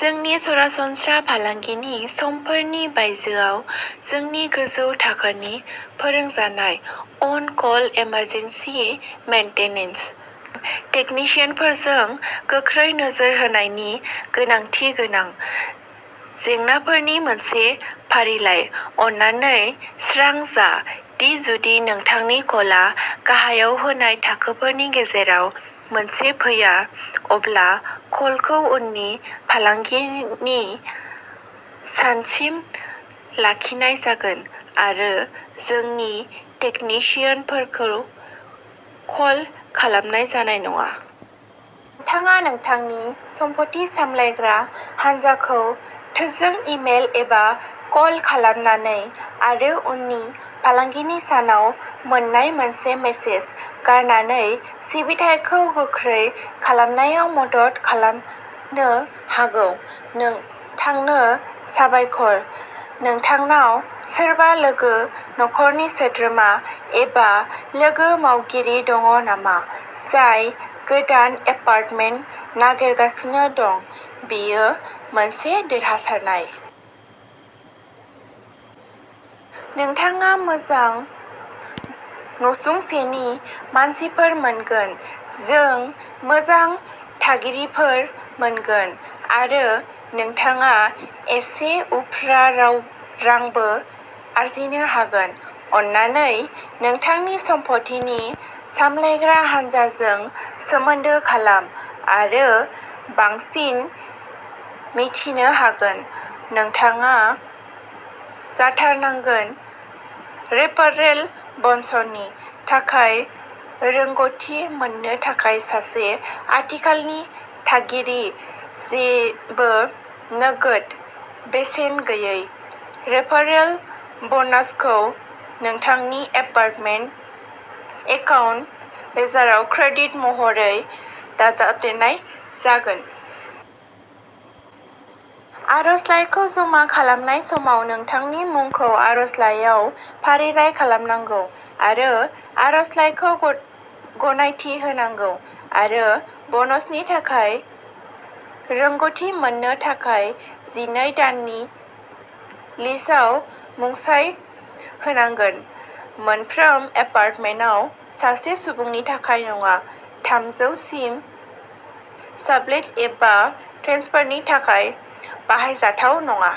जोंनि सरासनस्रा फालांगिनि समफोरनि बायजोआव जोंनि गोजौ थाखोनि फोरोंजानाय अन कल इमारजेन्सि मेंटेनेन्स टेकनिशियानफोरजों गोख्रै नोजोर होनायनि गोनांथि गोनां जेंनाफोरनि मोनसे फारिलाइ। अन्नानै स्रां जा दि जुदि नोंथांनि कलआ गाहायाव होनाय थाखोफोरनि गेजेराव मोनसे फैया, अब्ला कलखौ उननि फालांगिनि सानसिम लाखिनाय जागोन आरो जोंनि टेकनिशियानफोरखौ कल खालामनाय जानाय नङा। नोंथाङा नोंथांनि सम्पथि सामलायग्रा हान्जाखौ थोंजों इमेल एबा कल खालामनानै आरो उननि फालांगिनि सानाव मोन्नाय मोनसे मेसेज गारनानै सिबिथाइखौ गोख्रै खालामनायाव मदद खालामनो हागौ। नोंथांनो साबायखर! नोंथांनाव सोरबा लोगो, नखरनि सोद्रोमा, एबा लोगो मावगिरि दं नामा, जाय गोदान एपार्टमेन्ट नागिरगासिनो दं, बेयो मोनसे देरहासारनाय। नोंथाङा मोजां नसुंसेनि मानसिफोर मोनगोन, जों मोजां थागिरिफोर मोनगोन, आरो नोंथाङा एसे उफ्रा राव रांबो आर्जिनो हागोन! अन्नानै नोंथांनि सम्पथि सामलायग्रा हानजाजों सोमोन्दो खालाम आरो बांसिन मिथिनो हागोन। नोंथाङा जाथारनांगोन। रेफारेल ब'नसनि थाखाय रोंग'थि मोननो थाखाय सासे आथिखालनि थागिरि जेबो नोगोद बेसेन गैयै, रेफारेल ब'नासखौ नोंथांनि एपार्टमेन्ट एकाउन्ट लेजाराव क्रेडिट महरै दाजाबदेरनाय जागोन। आर'जलाइखौ जमा खालामनाय समाव नोंथांनि मुंखौ आर'जलाइयाव फारिलाइ खालामनांगौ आरो आर'जलाइफोरखौ ग' गनायथि होनांगौ आरो ब'नसनि थाखाय रोंग'थि मोननो थाखाय जिनै दाननि लिजआव मुंसाइ होनांगोन। मोनफ्रोम एपार्टमेन्टआव, सासे सुबुंनि थाखाय नङा थामजौ सिम साबलेट एबा ट्रेन्सफारनि थाखाय बाहायजाथाव नङा।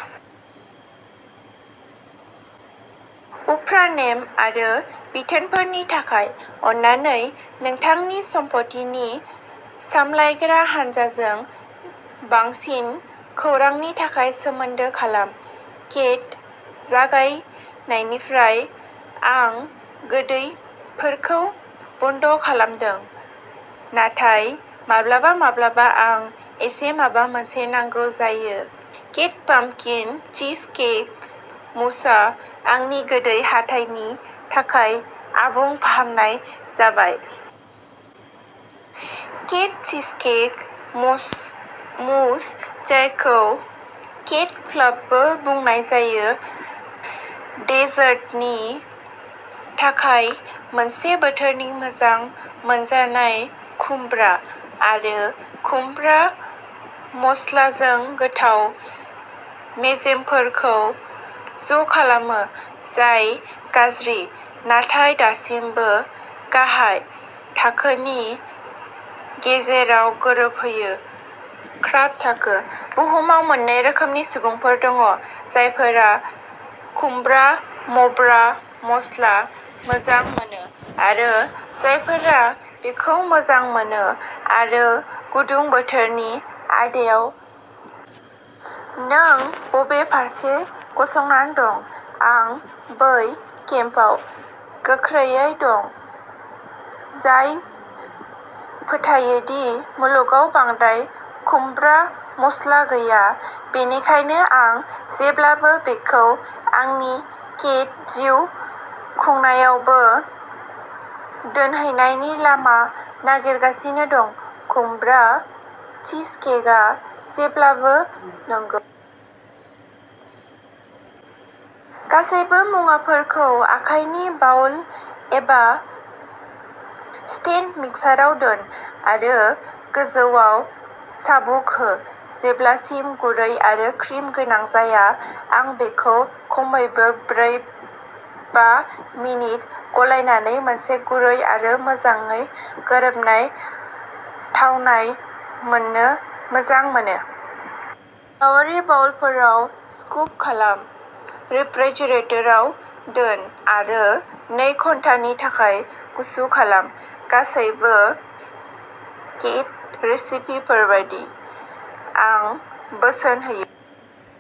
उफ्रा नेम आरो बिथोनफोरनि थाखाय, अन्नानै नोंथांनि सम्पथिनि सामलायग्रा हानजाजों बांसिन खौरांनि थाखाय सोमोन्दो खालाम। केट जागायनायनिफ्राय आं गोदैफोरखौ बन्द'खालामदों, नाथाय माब्लाबा माब्लाबा आं इसे माबा मोनसे नांगौ जायो। केट'पाम्पकिन चीजकेक मूसआ आंनि गोदै हाथाइनि थाखाय आबुं फाहामनाय जाबाय। केट चीजकेक मस मूस-जायखौ केट'फ्लाफबो बुंनाय जायो। देजार्टनि थाखाय मोनसे बोथोरारि मोजां मोनजानाय खुमब्रा आरो खुमब्रा मस्लाजों गोथाव मेजेमफोरखौ ज'खालामो जाय गाज्रि नाथाय दासिमबो गाहाय थाखोनि गेजेराव गोरोबहोयो। क्राब थाखो। बुहुमाव मोननै रोखोमनि सुबुंफोर दं, जायफोरा खुमब्रा मब्रा मस्ला मोजां मोनो आरो जायफोरा बेखौ मोजां मोनो, आरो गुदुं-बोथोरनि आयदायाव नों बबे फारसे गसंना दं? आं बै केम्पआव गोख्रोंयै दं जाय फोथायो दि मुलुगाव बांद्राय खुमब्रा मस्ला गैया, बेनिखायनो आं जेब्लाबो बेखौ आंनि केट'जिउ खुंनायावबो दोनहैनायनि लामा नागिरगासिनो दं। खुमब्रा चीजकेकआ जेब्लाबो नंगौ। गासैबो मुवाफोरखौ आखाइनि बाउल एबा स्टेन्ड मिक्साराव दोन आरो गोजौयाव चाबुक हो जेब्लासिम गुरै आरो क्रिम गोनां जाया, आं बेखौ खमैबो ब्रै, बा मिनिट गलायनानै मोनसे गुरै आरो मोजाङै गोरोबनाय थावनाय मोननो मोजां मोनो। गावारि बाउलफोराव स्कुप खालाम। रेफ्रिजारेटाराव दोन आरो नै घन्टानि थाखाय गुसु खालाम। गासैबो केट'रेसिपिफोर बायदि, आं बोसोन होयो।